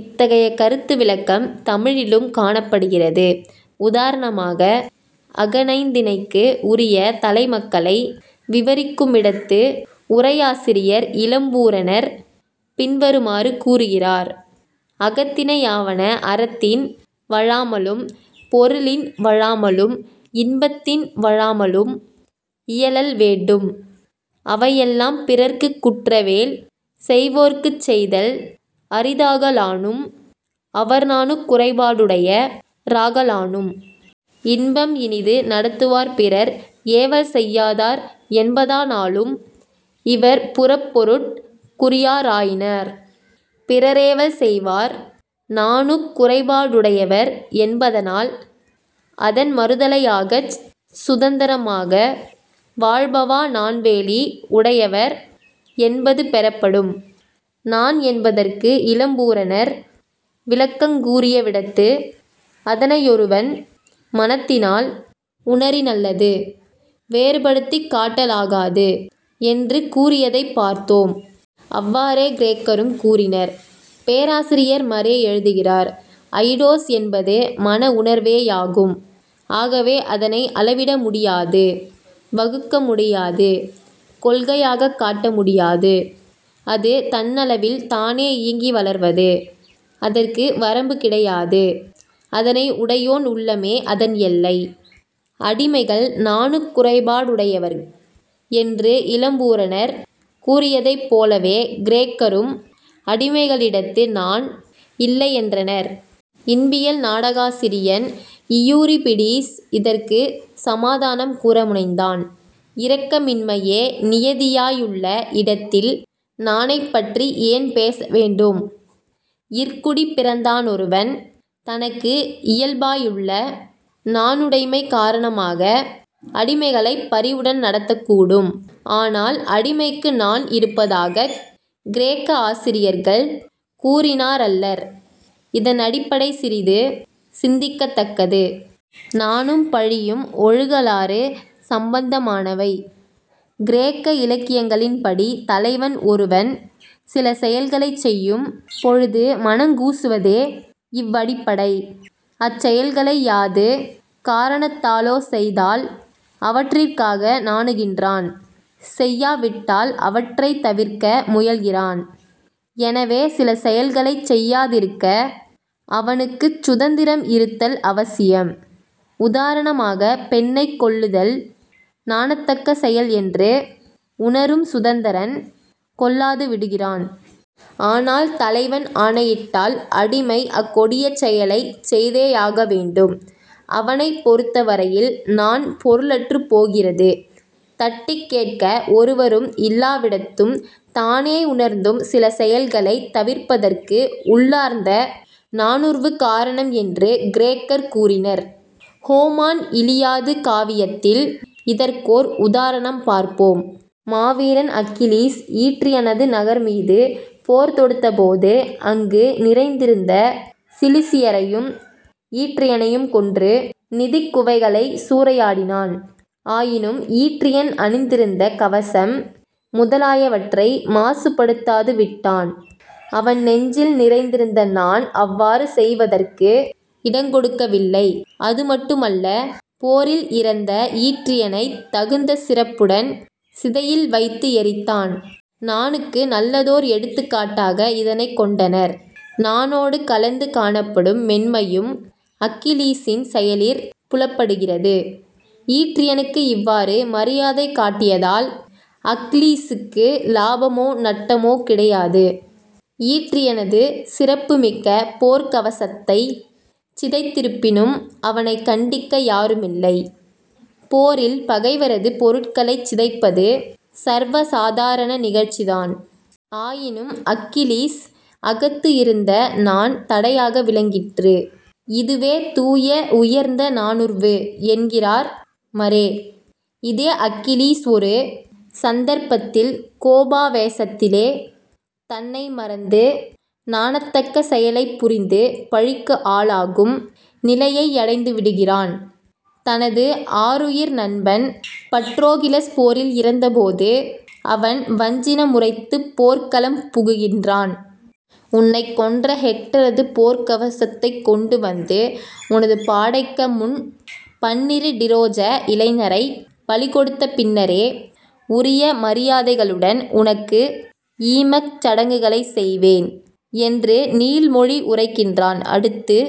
இத்தகைய கருத்து விளக்கம் தமிழிலும் காணப்படுகிறது. உதாரணமாக அகனைந்திணைக்கு உரிய தலைமக்களை விவரிக்குமிடத்து உரையாசிரியர் இளம்பூரணர் பின்வருமாறு கூறுகிறார். "அகத்திணையாவன அறத்தின் வழாமலும் பொருளின் வழாமலும் இன்பத்தின் வழாமலும் இயலல் வேண்டும்; அவையெல்லாம் பிறர்க்குக் குற்றவேல் செய்வோர்க்குச் செய்தல் அரிதாகலானும், அவர் நாணுக் குறைபாடுடைய ராகலானும்.... இன்பம் இனிது நடத்துவார் பிறர் ஏவல் செய்யாதார் என்பதானாலும், இவர் புறப்பொருட் குரியராயினார். " பிறரேவல் செய்வார் நாணுக்குறைபாடுடையவர் என்பதனால், அதன் மறுதலையாகச் சுதந்தரமாக வாழ்பவா நாண்வேலி உடையவர் என்பது பெறப்படும். நாண் என்பதற்கு இளம்பூரணர் விளக்கங்கூறியவிடத்து, அதனையொருவன் 'மனத்தினால் உணரினல்லது வேறுபடுத்திக் காட்டலாகாது' என்று கூறியதைப் பார்த்தோம். இவ்வாறே கிரேக்கரும் கூறினர். பேராசிரியர் மறே எழுதுகிறார்: "அயிடோஸ் என்பது மன உணர்வேயாகும்; ஆகவே அதனை அளவிடமுடியாது; வகுக்க முடியாது; கொள்கையாகக் காட்ட முடியாது. அது தன்னளவில்தானே இயங்கி வளர்வது. அதற்கு வரம்பு கிடையாது. அதனை உடையோன் உள்ளமே அதன் எல்லை. " அடிமைகள் நாணுக்குறைபாடுடையவர் என்று இளம்பூரணர் கூறியதைப் போலவே கிரேக்கரும் அடிமைகளிடத்து நாண் இல்லையென்றனர். இன்பியல் நாடகாசிரியன் இயூரிபிடீஸ் இதற்குச் சமாதானம் கூற முனைந்தான். "இரக்கமின்மையே நியதியாயுள்ள இடத்தில் நாணைப் பற்றி ஏன் பேசவேண்டும்? " இற்குடிப்பிறந்தானொருவன் தனக்கு இயல்பாயுள்ள நாணுடைமை காரணமாக அடிமைகளைப் பரிவுடன் நடத்தக்கூடும். ஆனால் அடிமைக்கு நாண் இருப்பதாகக் கிரேக்க ஆசிரியர்கள் கூறினாரல்லர். இதனடிப்படை சிறிது சிந்திக்கத் தக்கது. நாணும் பழியும் ஒழுகலாறு சம்பந்தமானவை. கிரேக்க இலக்கியங்களின்படி தலைவன் ஒருவன் சில செயல்களைச் செய்யும்பொழுது மனங்கூசுவதே இவ்வடிப்படை. அச்செயல்களை யாது காரணத்தாலோ செய்தால் அவற்றிற்காக நாணுகின்றான்; செய்யாவிட்டால் அவற்றைத் தவிர்க்க முயல்கிறான். எனவே, சில செயல்களைச் செய்யாதிருக்க அவனுக்குச் சுதந்தரம் இருத்தல் அவசியம். உதாரணமாக, பெண்ணைக் கொல்லுதல் நாணத்தக்க செயல் என்று உணரும் சுதந்தரன் கொல்லாது விடுகிறான். ஆனால் தலைவன் ஆணையிட்டால் அடிமை அக்கொடிய செயலைச் செய்தேயாக வேண்டும். அவனைப் பொறுத்தவரையில் நாண் பொருளற்றுப் போகிறது. தட்டிக் கேட்க ஒருவரும் இல்லாதவிடத்தும் தானே உணர்ந்து சில செயல்களைத் தவிர்ப்பதற்கு உள்ளார்ந்த நாணுர்வு காரணம் என்று கிரேக்கர் கூறினர். ஹோமான் இலியாது காவியத்தில் இதற்கோர் உதாரணம் பார்ப்போம். மாவீரன் அக்கிலீஸ் ஈற்றியனது நகர்மீது போர்தொடுத்தபோது, அங்கு நிறைந்திருந்த சிலிசியரையும் ஈற்றியனையும் கொன்று, நிதிக் குவைகளைச் சூறையாடினான். ஆயினும் ஈற்றியன் அணிந்திருந்த கவசம் முதலாயவற்றை மாசுபடுத்தாது விட்டான். அவன் நெஞ்சில் நிறைந்திருந்த நாண் அவ்வாறு செய்வதற்கு இடங்கொடுக்கவில்லை. அது மட்டுமல்ல. போரில் இறந்த ஈற்றியனைத் தகுந்த சிறப்புடன் சிதையில் வைத்து எரித்தான். நாணுக்கு நல்லதோர் எடுத்துக்காட்டாக இதனைக் கொண்டனர். நாணோடு கலந்து காணப்படும் மென்மையும் அக்கிலீசின் செயலிற் புலப்படுகிறது. ஈற்றியனுக்கு இவ்வாறு மரியாதை காட்டியதால் அக்க்லீசுக்கு லாபமோ நட்டமோ கிடையாது. ஈற்றியனது சிறப்புமிக்க போர்க்கவசத்தைச் சிதைத்திருப்பினும் அவனைக் கண்டிக்க யாருமில்லை. போரில் பகைவரது பொருட்களைச் சிதைப்பது சர்வ சாதாரண நிகழ்ச்சிதான். ஆயினும் அக்கிலீஸ் அகத்து இருந்த நாண் தடையாக விளங்கிற்று. "இதுவே தூய, உயர்ந்த நாணுர்வு" என்கிறார் மறே. இதே அக்கிலீஸ் ஒரு சந்தர்ப்பத்தில் கோபாவேசத்திலே தன்னை மறந்து நாணத்தக்க செயலைப் புரிந்து பழிக்கு ஆளாகும் நிலையையடைந்துவிடுகிறான். தனது ஆருயிர் நண்பன் பட்ரோகிளஸ் போரில் இறந்தபோது, அவன் வஞ்சின முரைத்துப் போர்க்களம் புகுகின்றான். "உன்னைக் கொன்ற ஹெக்டரது போர்க்கவசத்தைக் கொண்டு வந்து, உனது, பாடைக்க முன் பன்னிரு டிரோஜ இளைஞரைப் பலிகொடுத்த பின்னரே உரிய மரியதைகளுடன் உனக்கு ஈமக் சடங்குகளைச் செய்வேன்" என்று நீள்மொழி உரைக்கின்றான். அடுத்து